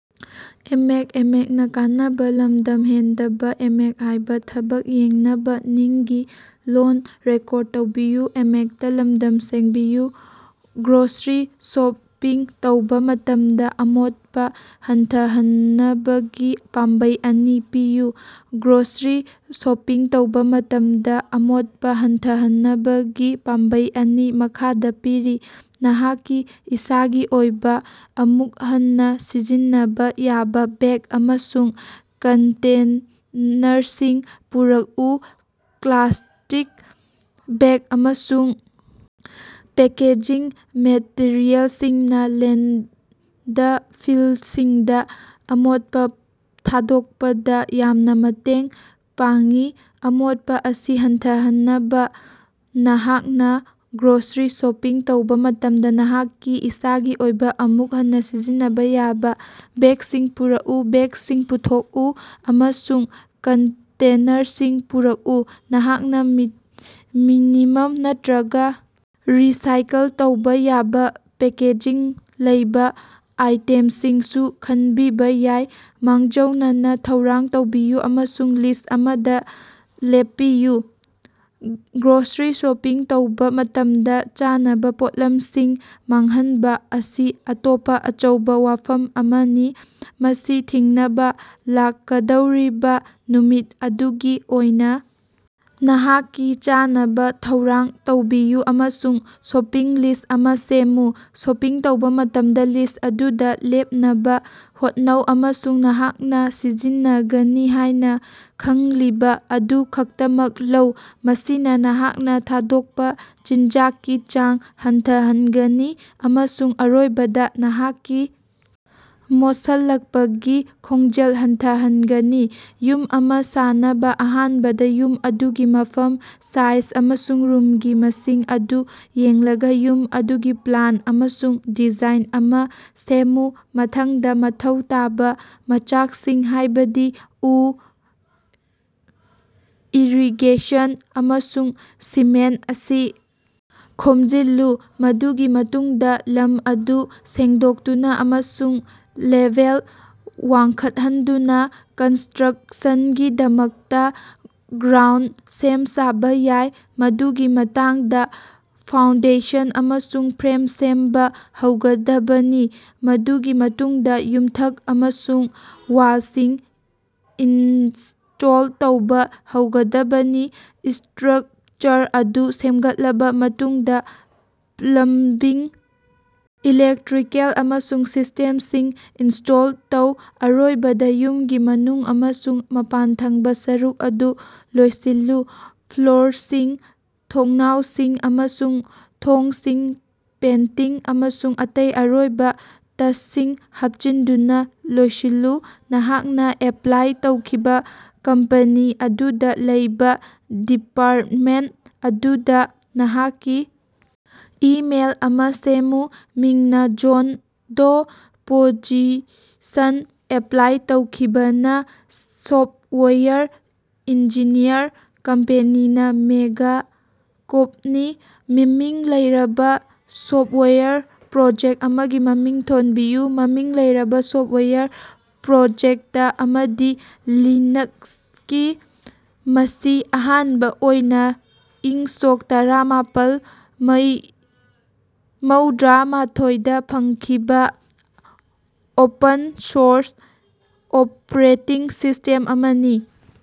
Grocery shopping ꯇꯧꯕꯥ ꯃꯇꯝꯗꯥ ꯑꯃꯣꯠꯄꯥ ꯍꯟꯊꯍꯟꯅꯕꯒꯤ ꯄꯥꯝꯕꯩ ꯑꯅꯤ ꯄꯤꯌꯨ꯫ ꯒ꯭ꯔꯣꯁꯔꯤ ꯁꯣꯄꯤꯡ ꯇꯧꯕꯥ ꯃꯇꯝꯗꯥ ꯑꯃꯣꯠꯄꯥ ꯍꯟꯊꯍꯟꯅꯕꯒꯤ ꯄꯥꯝꯕꯩ ꯑꯅꯤ ꯃꯈꯥꯗꯥ ꯄꯤꯔꯤ꯫ ꯅꯍꯥꯛꯀꯤ ꯏꯁꯥꯒꯤ ꯑꯣꯏꯕꯥ ꯑꯃꯨꯛ ꯍꯟꯅꯥ ꯁꯤꯖꯤꯟꯅꯕꯥ ꯌꯥꯕꯥ ꯕꯦꯛ ꯑꯃꯁꯨꯡ ꯀꯟꯇꯦꯅꯔꯁꯤꯡ ꯄꯨꯔꯛꯎ꯫ ꯄ꯭ꯂꯥꯁꯇꯤꯛ ꯕꯦꯛ ꯑꯃꯁꯨꯡ ꯄꯦꯀꯦꯖꯤꯡ ꯃꯦꯇꯔꯤꯑꯦꯜꯁꯤꯡꯅꯥ ꯂꯦꯟꯗꯐꯤꯜꯁꯤꯡꯗꯥ ꯑꯃꯣꯠꯄꯥ ꯊꯥꯗꯣꯛꯄꯗꯥ ꯌꯥꯝꯅ ꯃꯇꯦꯡ ꯄꯥꯡꯏ꯫ ꯑꯃꯣꯠꯄꯥ ꯑꯁꯤ ꯍꯟꯊꯍꯟꯅꯕꯥ, ꯅꯍꯥꯛꯅꯥ ꯒ꯭ꯔꯣꯁꯔꯤ ꯁꯣꯄꯤꯡ ꯇꯧꯕꯥ ꯃꯇꯝꯗꯥ ꯅꯍꯥꯛꯀꯤ ꯏꯁꯥꯒꯤ ꯑꯣꯏꯕꯥ ꯑꯃꯨꯛ ꯍꯟꯅꯥ ꯁꯤꯖꯤꯟꯅꯕꯥ ꯌꯥꯕꯥ ꯕꯦꯛꯁꯤꯡ ꯄꯨꯔꯛꯎ, ꯕꯦꯛꯁꯤꯡ ꯄꯨꯊꯣꯛꯎ ꯑꯃꯁꯨꯡ ꯀꯟꯇꯦꯅꯔꯁꯤꯡ ꯄꯨꯔꯛꯎ꯫ ꯅꯍꯥꯛꯅꯥ ꯃꯤꯅꯤꯃꯝ ꯅꯠꯇ꯭ꯔꯒꯥ ꯔꯤꯁꯥꯏꯀꯜ ꯇꯧꯕꯥ ꯌꯥꯕꯥ ꯄꯦꯀꯦꯖꯤꯡ ꯂꯩꯕꯥ ꯑꯥꯏꯇꯦꯝꯁꯤꯡꯁꯨ ꯈꯟꯕꯤꯕꯥ ꯌꯥꯏ꯫ ꯃꯥꯡꯖꯧꯅꯅꯥ ꯊꯧꯔꯥꯡ ꯇꯧꯕꯤꯌꯨ ꯑꯃꯁꯨꯡ ꯂꯤꯁ ꯑꯃꯗꯥ ꯂꯦꯞꯄꯤꯌꯨ꯫ ꯒ꯭ꯔꯣꯁꯔꯤ ꯁꯣꯄꯤꯡ ꯇꯧꯕꯥ ꯃꯇꯝꯗꯥ ꯆꯥꯅꯕꯥ ꯄꯣꯠꯂꯝꯁꯤꯡ ꯃꯥꯡꯍꯟꯕꯥ ꯑꯁꯤ ꯑꯇꯣꯞꯄꯥ ꯑꯆꯧꯕꯥ ꯋꯥꯐꯝ ꯑꯃꯅꯤ꯫ ꯃꯁꯤ ꯊꯤꯡꯅꯕꯥ, ꯂꯥꯛꯀꯗꯧꯔꯤꯕꯥ ꯅꯨꯃꯤꯠ ꯑꯗꯨꯒꯤ ꯑꯣꯏꯅꯥ ꯅꯍꯥꯛꯀꯤ ꯆꯥꯅꯕꯥ ꯊꯧꯔꯥꯡ ꯇꯧꯕꯤꯌꯨ ꯑꯃꯁꯨꯡ ꯁꯣꯄꯤꯡ ꯂꯤꯁ ꯑꯃꯥ ꯁꯦꯝꯃꯨ꯫ ꯁꯣꯄꯤꯡ ꯇꯧꯕꯥ ꯃꯇꯝꯗꯥ ꯂꯤꯁ ꯑꯗꯨꯗꯥ ꯂꯦꯞꯅꯕꯥ ꯍꯣꯠꯅꯧ ꯑꯃꯁꯨꯡ ꯅꯍꯥꯛꯅꯥ ꯁꯤꯖꯤꯟꯅꯒꯅꯤ ꯍꯥꯏꯅꯥ ꯈꯪꯂꯤꯕꯥ ꯑꯗꯨ ꯈꯛꯇꯃꯛ ꯂꯧ꯫ ꯃꯁꯤꯅꯥ ꯅꯍꯥꯛꯅꯥ ꯊꯥꯗꯣꯛꯄꯥ ꯆꯤꯟꯖꯥꯛꯀꯤ ꯆꯥꯡ ꯍꯟꯊꯍꯟꯒꯅꯤ ꯑꯃꯁꯨꯡ ꯑꯔꯣꯏꯕꯗꯥ ꯅꯍꯥꯛꯀꯤ ꯃꯣꯠꯁꯜꯂꯛꯄꯒꯤ ꯈꯣꯡꯖꯦꯜ ꯍꯟꯊꯍꯟꯒꯅꯤ꯫ ꯌꯨꯝ ꯑꯃꯥ ꯁꯥꯅꯕꯥ ꯑꯍꯥꯟꯕꯗꯥ ꯌꯨꯝ ꯑꯗꯨꯒꯤ ꯃꯐꯝ, ꯁꯥꯏꯖ ꯑꯃꯁꯨꯡ ꯔꯨꯝꯒꯤ ꯃꯁꯤꯡ ꯑꯗꯨ ꯌꯦꯡꯂꯒꯥ, ꯌꯨꯝ ꯑꯗꯨꯒꯤ ꯄ꯭ꯂꯥꯟ ꯑꯃꯁꯨꯡ ꯗꯤꯖꯥꯏꯟ ꯑꯃꯥ ꯁꯦꯝꯃꯨ꯫ ꯃꯊꯪꯗꯥ, ꯃꯊꯧ ꯇꯥꯕꯥ ꯃꯆꯥꯛꯁꯤꯡ, ꯍꯥꯏꯕꯗꯤ ꯎ, ꯏꯔꯤꯒꯦꯁꯟ ꯑꯃꯁꯨꯡ ꯁꯤꯃꯦꯟꯇ ꯑꯁꯤ ꯈꯣꯝꯖꯤꯜꯂꯨ꯫ ꯃꯗꯨꯒꯤ ꯃꯇꯨꯡꯗꯥ ꯂꯝ ꯑꯗꯨ ꯁꯦꯡꯗꯣꯛꯇꯨꯅꯥ ꯑꯃꯁꯨꯡ ꯂꯦꯚꯦꯜ ꯋꯥꯡꯈꯠꯍꯟꯗꯨꯅꯥ ꯀꯟꯁꯇ꯭ꯔꯛꯁꯟꯒꯤꯗꯃꯛꯇꯥ ꯒ꯭ꯔꯥꯎꯟꯗ ꯁꯦꯝ-ꯁꯥꯕꯥ ꯌꯥꯏ꯫ ꯃꯗꯨꯒꯤ ꯃꯇꯨꯡꯗꯥ ꯐꯥꯎꯟꯗꯦꯁꯟ ꯑꯃꯁꯨꯡ ꯐ꯭ꯔꯦꯝ ꯁꯦꯝꯕꯥ ꯍꯧꯒꯗꯕꯅꯤ, ꯃꯗꯨꯒꯤ ꯃꯇꯨꯡꯗꯥ ꯌꯨꯝꯊꯛ ꯑꯃꯁꯨꯡ ꯋꯥꯜꯁꯤꯡ ꯏꯟꯁꯇꯣꯜ ꯇꯧꯕꯥ ꯍꯧꯒꯗꯕꯅꯤ꯫ ꯏꯁꯇ꯭ꯔꯛꯆꯔ ꯑꯗꯨ ꯁꯦꯝꯒꯠꯂꯕꯥ ꯃꯇꯨꯡꯗꯥ, ꯄ꯭ꯂꯝꯕꯤꯡ, ꯏꯂꯦꯛꯇ꯭ꯔꯤꯀꯦꯜ ꯑꯃꯁꯨꯡ ꯁꯤꯁꯇꯦꯝꯁꯤꯡ ꯏꯟꯁꯇꯣꯜ ꯇꯧ꯫ ꯑꯔꯣꯏꯕꯗꯥ, ꯌꯨꯝꯒꯤ ꯃꯅꯨꯡ ꯑꯃꯁꯨꯡ ꯃꯄꯥꯟꯊꯪꯕꯥ ꯁꯔꯨꯛ ꯑꯗꯨ ꯂꯣꯏꯁꯤꯜꯂꯨ, ꯐ꯭ꯂꯣꯔꯁꯤꯡ, ꯊꯣꯡꯅꯥꯎꯁꯤꯡ ꯑꯃꯁꯨꯡ ꯊꯣꯡꯁꯤꯡ ꯄꯦꯟꯇꯤꯡ ꯑꯃꯁꯨꯡ ꯑꯇꯩ ꯑꯔꯣꯏꯕꯥ ꯇꯁꯁꯤꯡ ꯍꯥꯞꯆꯤꯟꯗꯨꯅꯥ ꯂꯣꯏꯁꯜꯂꯨ꯫ ꯅꯍꯥꯛꯅꯥ ꯑꯦꯄ꯭ꯂꯥꯏ ꯇꯧꯈꯤꯕꯥ ꯀꯝꯄꯅꯤ ꯑꯗꯨꯗꯥ ꯂꯩꯕꯥ ꯗꯤꯄꯥꯔꯇꯃꯦꯟꯇ ꯑꯗꯨꯗꯥ ꯅꯍꯥꯛꯀꯤ ꯏꯃꯦꯜ ꯑꯃꯥ ꯁꯦꯝꯃꯨ꯫ ꯃꯤꯡꯅꯥ ꯖꯣꯟ ꯗꯣ, ꯄꯣꯖꯤꯁꯟ ꯑꯦꯄ꯭ꯂꯥꯏ ꯇꯧꯈꯤꯕꯥꯅ ꯁꯣꯞꯋꯦꯌꯔ ꯏꯟꯖꯤꯅꯤꯌꯔ, ꯀꯝꯄꯦꯅꯤꯅ ꯃꯦꯒꯥꯀꯣꯞꯅꯤ꯫ ꯃꯃꯤꯡ ꯂꯩꯔꯕꯥ ꯁꯣꯞꯋꯥꯌꯔ ꯄ꯭ꯔꯣꯖꯦꯛ ꯑꯃꯒꯤ ꯃꯃꯤꯡ ꯊꯣꯟꯕꯤꯌꯨ꯫ ꯃꯃꯤꯡ ꯂꯩꯔꯕꯥ ꯁꯣꯞꯋꯥꯌꯔ ꯄ꯭ꯔꯣꯖꯦꯛꯇ ꯑꯃꯗꯤ ꯂꯤꯅꯛꯁꯅꯤ, ꯃꯁꯤ ꯑꯍꯥꯟꯕꯥ ꯑꯣꯏꯅꯥ ꯏꯪ ꯁꯣꯛ ꯇꯔꯥꯃꯥꯄꯜ ꯃꯧꯗ꯭ꯔꯥꯃꯊꯣꯏꯗ ꯐꯣꯡꯈꯤꯕꯥ ꯑꯣꯄꯟ-ꯁꯣꯔꯁ ꯑꯣꯄꯔꯦꯇꯤꯡ ꯁꯤꯁꯇꯦꯝ ꯑꯃꯅꯤ꯫